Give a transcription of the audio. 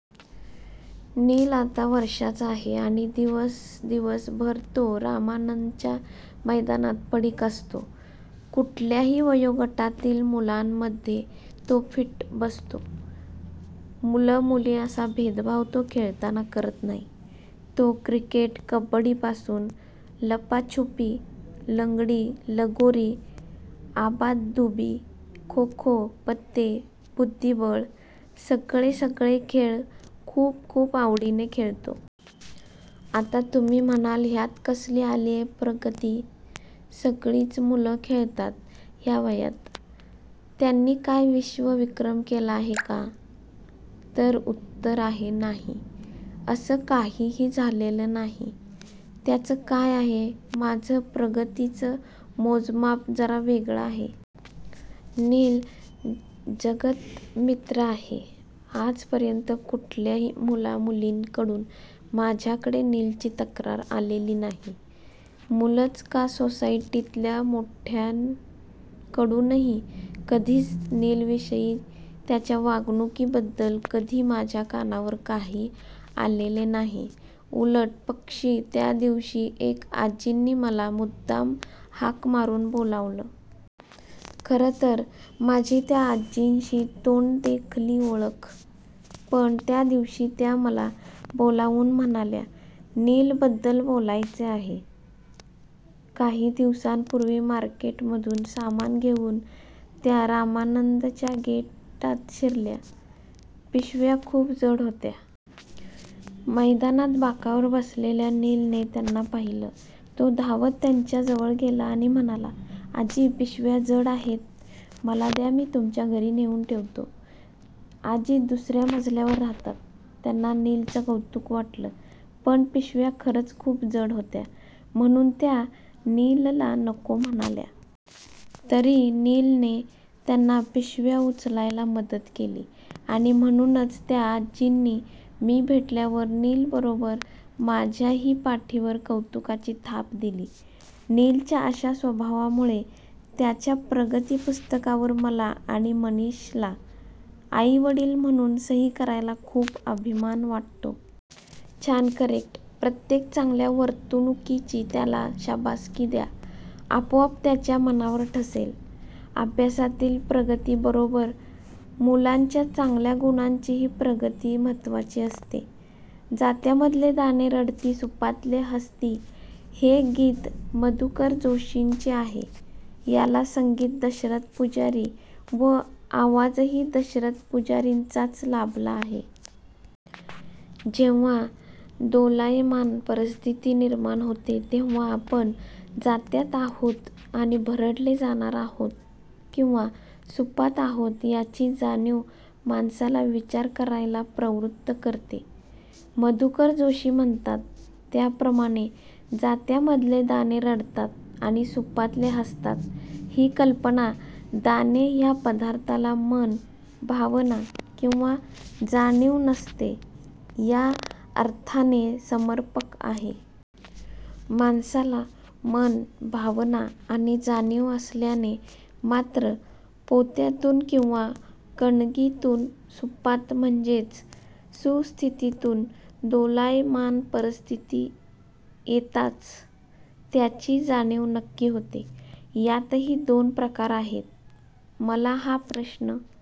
नील आता वर्षांचा आहे आणि दिवस दिवस भर तो रामानंदच्या मैदानात पडिक असतो. कुठल्याही वयोगटातील मुलांमध्ये तो फिट बसतो. मुल मुली असा भेदभाव तो खेळतांना करत नाही. तो क्रिकेट, कबड्डी पासून लपाछुपी, लंगडी, लगोरी, आबाधुबी, खोखो, पत्ते, बुद्धीबळ सगळे सगळे खेळ खूप खूप आवडीने खेळतो. आता तुम्ही म्हणाल ह्यात कसली आलेय प्रगती. सगळीच मुलं खेळतात ह्या वयात. त्यानी काय विश्व विक्रम केला आहे का? तर उत्तर आहे नाही. अस काहीही झालेले नाही. त्याच काय आहे माझ प्रगतीच मोजमाप जरा वेगळ आहे. नील जगत मित्र आहे. आज पर्यंत कुठल्याही मुला मुलीं कडून माझ्याकडे नीलची तक्रार आलेली नाही. मुलंच का सोसायटीतल्या मोठ्यांन कडूनही कधीच नील विषयी त्याच्या वागणूकी बद्दल कधी माझ्या कानावर काही आलेले नाही. उलट पक्षी त्या दिवशी एक आजींनी मला मुद्दाम हाक मारून बोलावलं. खर तर माझी त्या आजींशी तोंड देखली ओळख. पण त्या दिवशी त्या मला बोलावून म्हणाल्या नील बद्दल बोलायचे आहे. काही दिवसांपुर्वी मार्केट मधून सामान घेऊन त्या रामानंदच्या गेटात शिरल्या. पिशव्या खूप जड होत्या. मैदानात बाकावर बसलेल्या नीलने त्यांना पाहिलं. तो धावत त्यांच्या जवळ गेला आणि म्हणाला, "आजी पिशव्या जड आहेत. मला द्या मी तुमच्या घरी नेऊन ठेवतो. "आजी दुसर्या मजल्यावर राहतात. त्यांना नीलच कौतुक वाटलं. पण पिशव्या खरंच खूप जड होत्या म्हणून त्या नीलला नको म्हणाल्या. तरी नीलने त्यांना पिशव्या उचलायला मदत केली आणि म्हणूनच त्या आजींनी मी भेटल्यावर नील बरोबर माझ्याही पाठीवर कौतुकाची थाप दिली. नीलच्या अशा स्वभावामुळे त्याच्या प्रगती पुस्तकावर मला आणि मनिषला, आईवडील म्हणून सही करायला खूप अभिमान वाटतो. छानकरेक्ट. प्रत्येक चांगल्या वर्तणुकीची त्याला शाबासकी द्या. आपोआप त्याच्या मनावर ठसेल. अभ्यासातील प्रगती बरोबर मुलांच्या चांगल्या गुणांचीही प्रगती महत्वाची असते. जात्यामधले दाणे रडती सुपातले हसती हे गीत मधुकर जोशींचे आहे. याला संगीत दशरथ पुजारी व आवाजही दशरथ पुजारींचाच लाभला आहे. जेव्हा दोलायमान परिस्थिती निर्माण होते तेव्हा आपण जात्यात आहोत आणि भरडले जाणार आहोत किंवा सुपात आहोत याची जाणिव माणसाला विचार करायला प्रवृत करते. मधुकर जोशी म्हणतात त्याप्रमाणे जात्यामधले दाणे रडतात आणि सुपातले हसतात ही कल्पना दाणे ह्या पदार्थाला मन, भावना, किंवा जाणिव नसते या अर्थाने समर्पक आहे. माणसाला मन, भावना आणि जाणिव असल्याने मात्र पोत्यातुन किंवा कणगीतुन सुपात म्हणजेच सुस्थितीतुन दोलायमान परिस्थीती येताच त्याची जाणिव नक्की होते. यातही दोन प्रकार आहेत. " मला हा प्रश्न